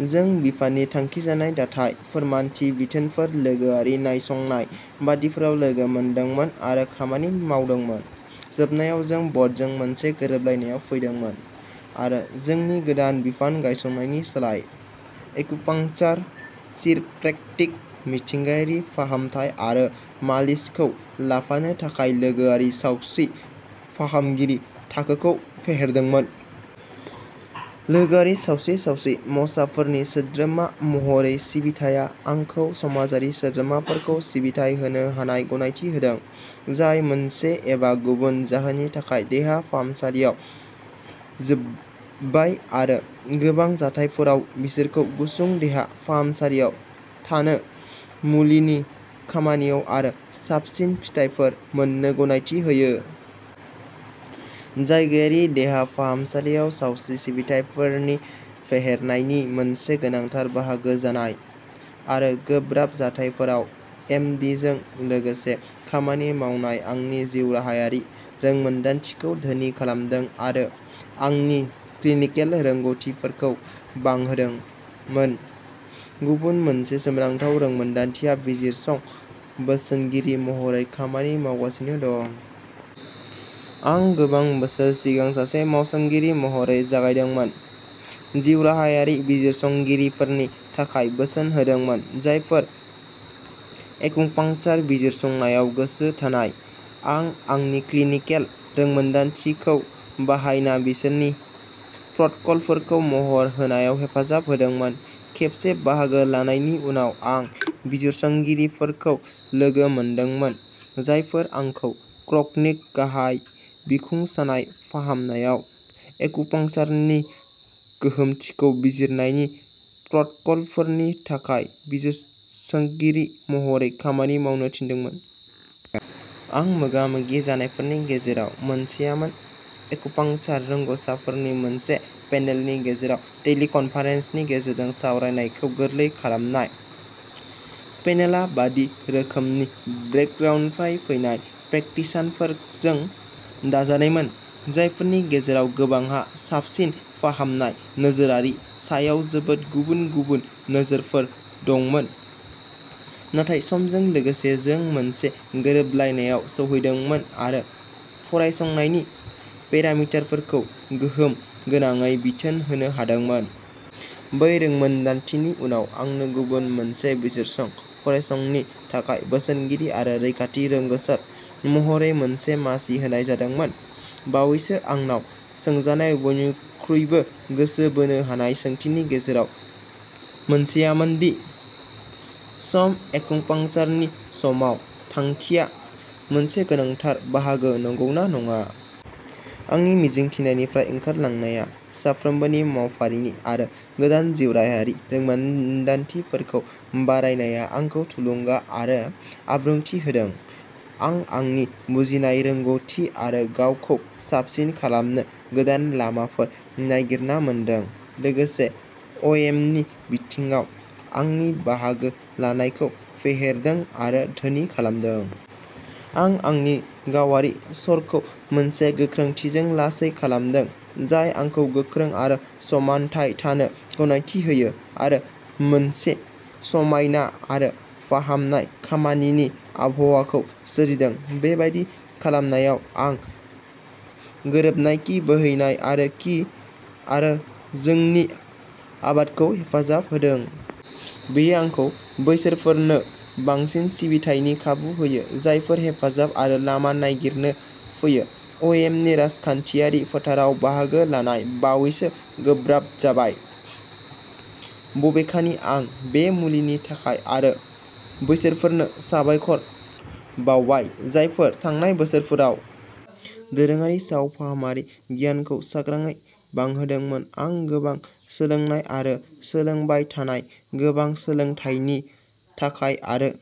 जों बिफाननि थांखिजानाय दाथाइ, फोरमानथि बिथोनफोर, लोगोआरि नायसंनाय बायदिफोराव लोगो मोनदोंमोन आरो खामानि मावदोंमोन। जोबनायाव, जों बर्डजों मोनसे गोरोबलायनायाव फैदोंमोन, आरो जोंनि गोदान बिफान गायसननायनि सोलायै, एक्युपंक्चर, चिरप्रैक्टिक, मिथिंगायारि फाहामथाय आरो मालिसखौ लाफानो थाखाय लोगोआरि सावस्रि फाहामगिरि थाखोखौ फेहेरदोंमोन। लोगोआरि सावस्रि सावस्रि मावसाफोरनि सोद्रोमा महरै सिबिथाया आंखौ समाजारि सोद्रोमाफोरखौ सिबिथाइ होनो हानायाव गनायथि होदों, जाय मोनसे एबा गुबुन जाहोननि थाखाय, देहा फाहामसालियाव जोबबाय, आरो गोबां जाथायफोराव बिसोरखौ गुसुं देहा फाहामसालियाव थानो, मुलिनि खामानियाव आरो साबसिन फिथायफोर मोननो गनायथि होयो। जायगायारि देहा फाहामसालियाव सावस्रि सिबिथाइफोरनि फेहेरनायनि मोनसे गोनांथार बाहागो जानाय, आरो गोब्राब जाथायफोराव एम डि जों लोगोसे खामानि मावनाया आंनि जिउराहायारि रोंमोनदांथिखौ धोनि खालामदों आरो आंनि क्लिनिकेल रोंग'थिफोरखौ बांहोदोंमोन। गुबुन मोनसे सोमोनांथाव रोंमोनदांथिया बिजिरसं बोसोनगिरि महरै खामानि मावगासिनो दं। आं गोबां बोसोर सिगां सासे मावसोमगिरि महरै जागायदोंमोन, जिउराहायारि बिजिरसंगिरिफोरनि थाखाय बोसोन होदोंमोन जायफोर एक्युपांक्चार बिजिरसंनायाव गोसो थानाय। आं आंनि क्लिनिकेल रोंमोनदांथिखौ बाहायना बिसोरनि प्रट'कलफोरखौ महर होनायाव हेफाजाब होदोंमोन। खेबसे बाहागो लानायनि उनाव, आं बिजिरसंगिरिफोरखौ लोगो मोनदोंमोन, जायफोरा आंखौ क्रकनिक गाहाय बिखुं सानाय फाहामनायाव एक्युपांक्चारनि गोहोमथिखौ बिजिरनायनि प्रट'कलफोरनि थाखाय बिजिरसोनगिरि महरै खामानि मावनो थिसनदोंमोन। आं मोगा-मोगि जानायफोरनि गेजेराव मोनसेआमोन एक्युपांक्चार रोंग'सार फोरनि मोनसे पेनेलनि गेजेराव टेलिकनफारेन्सनि गेजेरजों सावरायनायखौ गोरलै खालामनाय। पेनेलआ बादि रोखोमनि बेकग्राउन्डनिफ्राय फैनाय प्रेकटिशनारफोरजों दाजानायमोन, जायफोरनि गेजेराव गोबांहा साबसिन फाहामनाय नोजोरनि सायाव जोबोद गुबुन-गुबुन नोजोरफोर दंमोन, नाथाय समजों लोगोसे जों मोनसे गोरोबलायनायाव सौहैदोंमोन आरो फरायसंनि पेरामिटारफोरखौ गोहोम गोनाङै बिथोन होनो हादोंमोन। बै रोंमोनदांथिनि उनाव, आंनो गुबुन मोनसे बिजिरसं फरायसंनि थाखाय बोसोनगिरि आरो रैखाथि रोंग'सार महरै मोनसे मासि होनाय जादोंमोन। बावैसो आंनाव सोंजानाय बयनिख्रुइबो गोसो बोनो हानाय सोंथिनि गेजेराव मोनसेआमोन दि शम एक्युपाक्चारनि समाव थांखिया मोनसे गोनांथार बाहागो नंगौना नङा। आंनि मिजिंथिनायनिफ्राय ओंखारलांनाया। सानफ्रोमबोनि मावफारिनि आरो गोदान जिउराहायारि रोंमोनदांथिफोरखौ बरायनाया आंखौ थुलुंगा आरो आबुंथि होदों। आं आंनि बुजिनाय, रोंग'थि-आरो गावखौ साबसिन खालामनो गोदान लामाफोर नागिरना मोनदों, लोगोसे अ'एमनि बिथिङाव आंनि बाहागो लानायखौ फेहेरदों आरो धोनि खालामदों। आं आंनि गावारि सर'खौ मोनसे गोख्रैथिजों लासै खालामदों, जाय आंखौ गोख्रों आरो समानथाय थानो गनायथि होयो, आरो मोनसे समायना आरो फाहामनाय खामानिनि आबहावाखौ सोरजिदों। बेबादि खालामनायाव, आं गोरोबनाय कि बोहैनाय आरो कि आरो जोंनि आबादखौ हेफाजाब होदों। बेयो आंखौ बैसोरफोरनो बांसिन सिबिथायनि खाबु होयो जायफोरा हेफाजाब आरो लामा नागिरनो फैयो। अ'एमनि राजखान्थियारि फोथाराव बाहागो लानाया बावैसो गोब्राब जाबाय। बबेखानि, आं बे मुलिनि थाखाय आरो बैसोरफोरनो साबायखर बावबाय जायफोर थांनाय बोसोरफोराव दोरोङारि सावफाहामारि गियानखौ सांग्राङै बारहोदोंमोन, आं गोबां सोलोंनाय आरो सोलोंबाय थानाय गोबां सोलोंथायनि थाखाय, आरो